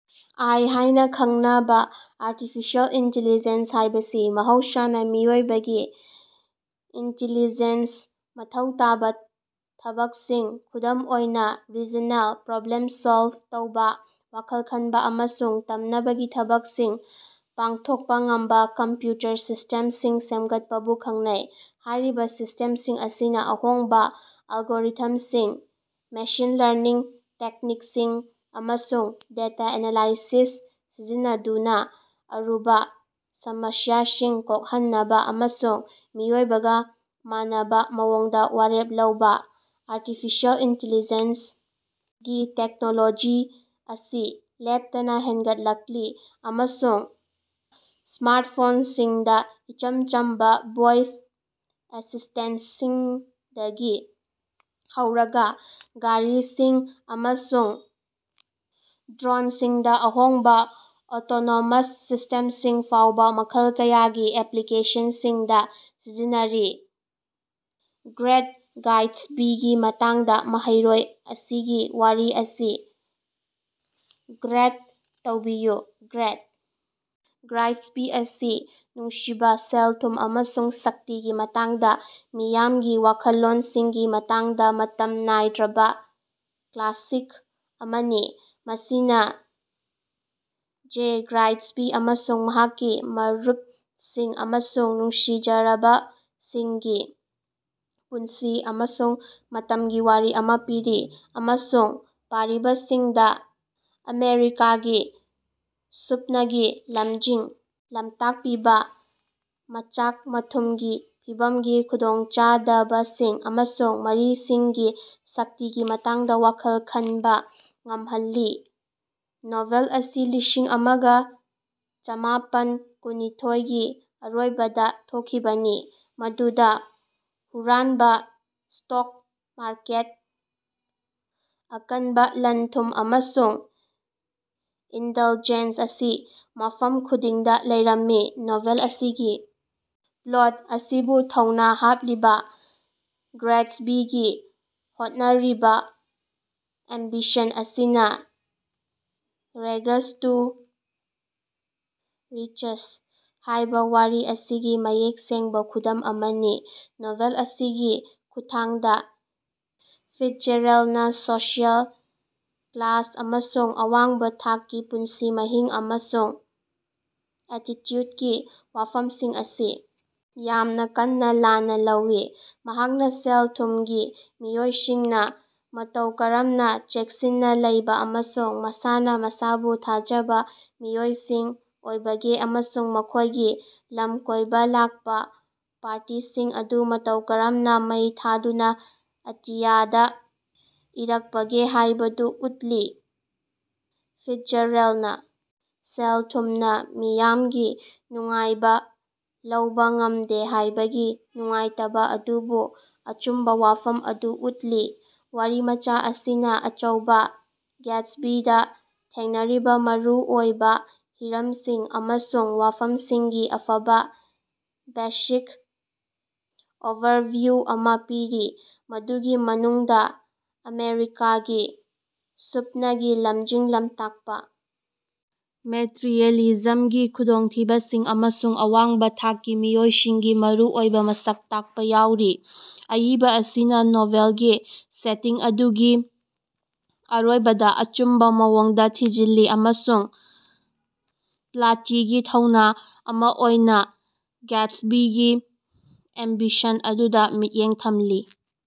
ꯑꯥꯏ. ꯍꯥꯏꯅ ꯈꯪꯅꯕ artificial intelligence ꯍꯥꯏꯕꯁꯤ ꯃꯍꯧꯁꯥꯅ ꯃꯤꯑꯣꯏꯕꯒꯤ ꯏꯟꯇꯤꯂꯤꯖꯦꯟꯁ ꯃꯊꯧ ꯇꯥꯕ ꯊꯕꯛꯁꯤꯡ, ꯈꯨꯗꯝ ꯑꯣꯏꯅ ꯔꯤꯖꯅꯦꯜ, ꯄ꯭ꯔꯣꯕ꯭ꯂꯦꯝ ꯁꯣꯜꯕ ꯇꯧꯕ, ꯋꯥꯈꯜ ꯈꯟꯕ ꯑꯃꯁꯨꯡ ꯇꯝꯅꯕꯒꯤ ꯊꯕꯛꯁꯤꯡ ꯄꯥꯡꯊꯣꯛꯄ ꯉꯝꯕ ꯀꯝꯄ꯭ꯌꯨꯇꯔ ꯁꯤꯁ꯭ꯇꯦꯝꯁꯤꯡ ꯁꯦꯝꯒꯠꯄꯕꯨ ꯈꯪꯅꯩ꯫ ꯍꯥꯏꯔꯤꯕ ꯁꯤꯁ꯭ꯇꯦꯝꯁꯤꯡ ꯑꯁꯤꯅ ꯑꯍꯣꯡꯕ ꯑꯜꯒꯣꯔꯤꯊꯝꯁꯤꯡ, ꯃꯦꯁꯤꯟ ꯂꯔꯅꯤꯡ ꯇꯦꯛꯅꯤꯛꯁꯤꯡ, ꯑꯃꯁꯨꯡ ꯗꯦꯇꯥ ꯑꯦꯅꯥꯂꯥꯏꯁꯤꯁ ꯁꯤꯖꯤꯟꯅꯗꯨꯅ ꯑꯔꯨꯕ ꯁꯃꯁ꯭ꯌꯥꯁꯤꯡ ꯀꯣꯛꯍꯟꯅꯕ ꯑꯃꯁꯨꯡ ꯃꯤꯑꯣꯏꯕꯒ ꯃꯥꯟꯅꯕ ꯃꯑꯣꯡꯗ ꯋꯥꯔꯦꯞ ꯂꯧꯏ꯫ Artificial intelligence. ꯒꯤ ꯇꯦꯛꯅꯣꯂꯣꯖꯤ ꯑꯁꯤ ꯂꯦꯞꯇꯅ ꯍꯦꯟꯒꯠꯂꯛꯂꯤ ꯑꯃꯁꯨꯡ ꯁ꯭ꯃꯥꯔꯇꯐꯣꯟꯁꯤꯡꯗ ꯏꯆꯝ ꯆꯝꯕ ꯚꯣꯏꯁ ꯑꯦꯁꯤꯁ꯭ꯇꯦꯟꯇꯁꯤꯡꯗꯒꯤ ꯍꯧꯔꯒ ꯒꯥꯔꯤꯁꯤꯡ ꯑꯃꯁꯨꯡ ꯗ꯭ꯔꯣꯟꯁꯤꯡꯗ ꯑꯍꯣꯡꯕ ꯑꯣꯇꯣꯅꯣꯃꯁ ꯁꯤꯁ꯭ꯇꯦꯝꯁꯤꯡ ꯐꯥꯎꯕ ꯃꯈꯜ ꯀꯌꯥꯒꯤ ꯑꯦꯄ꯭ꯂꯤꯀꯦꯁꯟꯁꯤꯡꯗ ꯁꯤꯖꯤꯟꯅꯔꯤ꯫ ꯒ꯭ꯔꯦꯠ ꯒ꯭ꯌꯥꯠꯁꯕꯤꯒꯤ ꯃꯇꯥꯡꯗ ꯃꯍꯩꯔꯣꯏ ꯑꯁꯤꯒꯤ ꯋꯥꯔꯤ ꯑꯁꯤ ꯒ꯭ꯔꯦꯗ ꯇꯧꯕꯤꯌꯨ꯫ ꯒ꯭ꯔꯦꯠ ꯒ꯭ꯌꯥꯠꯕꯤ ꯑꯁꯤ ꯅꯨꯡꯁꯤꯕ, ꯁꯦꯜ-ꯊꯨꯝ ꯑꯃꯁꯨꯡ ꯁꯛꯇꯤꯒꯤ ꯃꯇꯥꯡꯗ ꯃꯤꯌꯥꯝꯒꯤ ꯋꯥꯈꯜꯂꯣꯟꯁꯤꯡꯒꯤ ꯃꯇꯥꯡꯗ ꯃꯇꯝ ꯅꯥꯏꯗ꯭ꯔꯕ ꯀ꯭ꯂꯥꯁꯤꯛ ꯑꯃꯅꯤ꯫ ꯃꯁꯤꯅ ꯖꯦ ꯒ꯭ꯌꯥꯇꯁꯕꯤ ꯑꯃꯁꯨꯡ ꯃꯍꯥꯛꯀꯤ ꯃꯔꯨꯄꯁꯤꯡ ꯑꯃꯁꯨꯡ ꯅꯨꯡꯁꯤꯖꯔꯕꯁꯤꯡꯒꯤ ꯄꯨꯟꯁꯤ ꯑꯃꯁꯨꯡ ꯃꯇꯝꯒꯤ ꯋꯥꯔꯤ ꯑꯃ ꯄꯤꯔꯤ꯫ ꯑꯃꯁꯨꯡ ꯄꯥꯔꯤꯕꯁꯤꯡꯗ ꯑꯃꯦꯔꯤꯀꯥꯒꯤ ꯁꯨꯞꯅꯒꯤ ꯂꯝꯖꯤꯡ ꯂꯝꯇꯥꯛꯄꯤꯕ ꯃꯆꯥꯛ-ꯃꯊꯨꯝꯒꯤ ꯐꯤꯚꯝꯒꯤ ꯈꯨꯗꯣꯡꯆꯥꯗꯕꯁꯤꯡ ꯑꯃꯁꯨꯡ ꯃꯔꯤꯁꯤꯡꯒꯤ ꯁꯛꯇꯤꯒꯤ ꯃꯇꯥꯡꯗ ꯋꯥꯈꯜ ꯈꯟꯕ ꯉꯝꯍꯜꯂꯤ꯫ ꯅꯣꯚꯦꯜ ꯑꯁꯤ ꯂꯤꯁꯤꯡ ꯑꯃꯒ ꯆꯥꯝꯃꯥꯄꯟ ꯀꯨꯟꯅꯤꯊꯣꯏꯒꯤ ꯑꯔꯣꯏꯕꯗ ꯊꯣꯛꯈꯤꯕꯅꯤ꯫ ꯃꯗꯨꯗ ꯍꯨꯔꯥꯟꯕ ꯁ꯭ꯇꯣꯛ ꯃꯥꯔꯀꯦꯠ ꯑꯀꯟꯕ ꯂꯟ-ꯊꯨꯝ, ꯑꯃꯁꯨꯡ ꯏꯟꯗꯜꯖꯦꯟꯁ ꯑꯁꯤ ꯃꯐꯝ ꯈꯨꯗꯤꯡꯗ ꯂꯩꯔꯝꯃꯤ꯫ ꯅꯣꯚꯦꯜ ꯑꯁꯤꯒꯤ ꯄ꯭ꯂꯣꯠ ꯑꯁꯤꯕꯨ ꯊꯧꯅꯥ ꯍꯥꯞꯂꯤꯕ ꯒ꯭ꯌꯦꯁꯕꯤꯒꯤ ꯍꯣꯠꯅꯔꯤꯕ ꯑꯦꯝꯕꯤꯁꯟ ꯑꯁꯤꯅꯥ "ꯔꯦꯒꯁ ꯇꯨ ꯔꯤꯆꯁ" ꯍꯥꯏꯕ ꯋꯥꯔꯤ ꯑꯁꯤꯒꯤ ꯃꯌꯦꯛ ꯁꯦꯡꯕ ꯈꯨꯗꯝ ꯑꯃꯅꯤ꯫ ꯅꯣꯚꯦꯜ ꯑꯁꯤꯒꯤ ꯈꯨꯠꯊꯥꯡꯗ ꯐꯤꯠꯖꯦꯔꯦꯜꯅ ꯁꯣꯁꯤꯑꯦꯜ ꯀ꯭ꯂꯥꯁ ꯑꯃꯁꯨꯡ ꯑꯋꯥꯡꯕ ꯊꯥꯛꯀꯤ ꯄꯨꯟꯁꯤ ꯃꯍꯤꯡ ꯑꯃꯁꯨꯡ ꯑꯦꯇꯤꯆꯨꯗꯀꯤ ꯋꯥꯐꯝꯁꯤꯡ ꯑꯁꯤ ꯌꯥꯝꯅ ꯀꯟꯅ ꯂꯥꯟꯅ ꯂꯧꯏ꯫ ꯃꯍꯥꯛꯅ ꯁꯦꯜ ꯊꯨꯝꯒꯤ ꯃꯤꯑꯣꯏꯁꯤꯡꯅ ꯃꯇꯧ ꯀꯔꯝꯅ ꯆꯦꯛꯁꯤꯟꯅ ꯂꯩꯕ ꯑꯃꯁꯨꯡ ꯃꯁꯥꯅ ꯃꯁꯥꯕꯨ ꯊꯥꯖꯖꯕ ꯃꯤꯑꯣꯏꯁꯤꯡ ꯑꯣꯏꯕꯒꯦ ꯑꯃꯁꯨꯡ ꯃꯈꯣꯏꯒꯤ ꯂꯝꯀꯣꯏꯕ ꯂꯥꯛꯄ ꯄꯥꯔꯇꯤꯁꯤꯡ ꯑꯗꯨ ꯃꯇꯧ ꯀꯔꯝꯅ ꯃꯩ ꯊꯥꯗꯨꯅ ꯑꯇꯤꯌꯥꯗ ꯏꯔꯛꯄꯒꯦ ꯍꯥꯏꯕꯗꯨ ꯎꯠꯂꯤ꯫ ꯐꯤꯠꯖꯦꯔꯦꯜꯅ ꯁꯦꯜ-ꯊꯨꯝꯅ ꯃꯤꯌꯥꯝꯒꯤ ꯅꯨꯡꯉꯥꯏꯕ ꯂꯧꯕ ꯉꯝꯗꯦ ꯍꯥꯏꯕꯒꯤ ꯅꯨꯡꯉꯥꯏꯇꯕ ꯑꯗꯨꯕꯨ ꯑꯆꯨꯝꯕ ꯋꯥꯐꯝ ꯑꯗꯨ ꯎꯠꯂꯤ꯫ ꯋꯥꯔꯤꯃꯆꯥ ꯑꯁꯤꯅ ꯑꯆꯧꯕꯥ ꯒꯦꯠꯁꯕꯤꯗ ꯊꯦꯡꯅꯔꯤꯕ ꯃꯔꯨ ꯑꯣꯏꯕ ꯍꯤꯔꯝꯁꯤꯡ ꯑꯃꯁꯨꯡ ꯋꯥꯐꯝꯁꯤꯡꯒꯤ ꯑꯐꯕ ꯕꯦꯁꯤꯛ ꯑꯣꯚꯔꯚꯤꯌꯨ ꯑꯃꯥ ꯄꯤꯔꯤ꯫ ꯃꯗꯨꯒꯤ ꯃꯅꯨꯡꯗ ꯑꯃꯦꯔꯤꯀꯥꯒꯤ ꯁꯨꯞꯅꯒꯤ ꯂꯝꯖꯤꯡ ꯂꯝꯇꯥꯛꯄ, ꯃꯦꯇꯔꯤꯑꯦꯂꯤꯖꯝꯒꯤ ꯈꯨꯗꯣꯡꯊꯤꯕꯁꯤꯡ, ꯑꯃꯁꯨꯡ ꯑꯋꯥꯡꯕ ꯊꯥꯛꯀꯤ ꯃꯤꯑꯣꯏꯁꯤꯡꯒꯤ ꯃꯔꯨꯑꯣꯏꯕ ꯃꯁꯛ ꯇꯥꯛꯄ ꯌꯥꯎꯔꯤ꯫ ꯑꯏꯕ ꯑꯁꯤꯅ ꯅꯣꯚꯦꯜꯒꯤ ꯁꯦꯇꯤꯡ ꯑꯗꯨ ꯒꯤ ꯑꯔꯣꯏꯕꯗ ꯑꯆꯨꯝꯕ ꯃꯑꯣꯡꯗ ꯊꯤꯖꯤꯜꯂꯤ ꯑꯃꯁꯨꯡ ꯄ꯭ꯂꯇꯀꯤ ꯊꯧꯅ ꯑꯃ ꯑꯣꯏꯅ ꯒ꯭ꯌꯥꯁ ꯕꯤꯒꯤ ꯑꯦꯝꯕꯤꯁꯟ ꯑꯗꯨꯗ ꯃꯤꯠꯌꯦꯡ ꯊꯝꯂꯤ꯫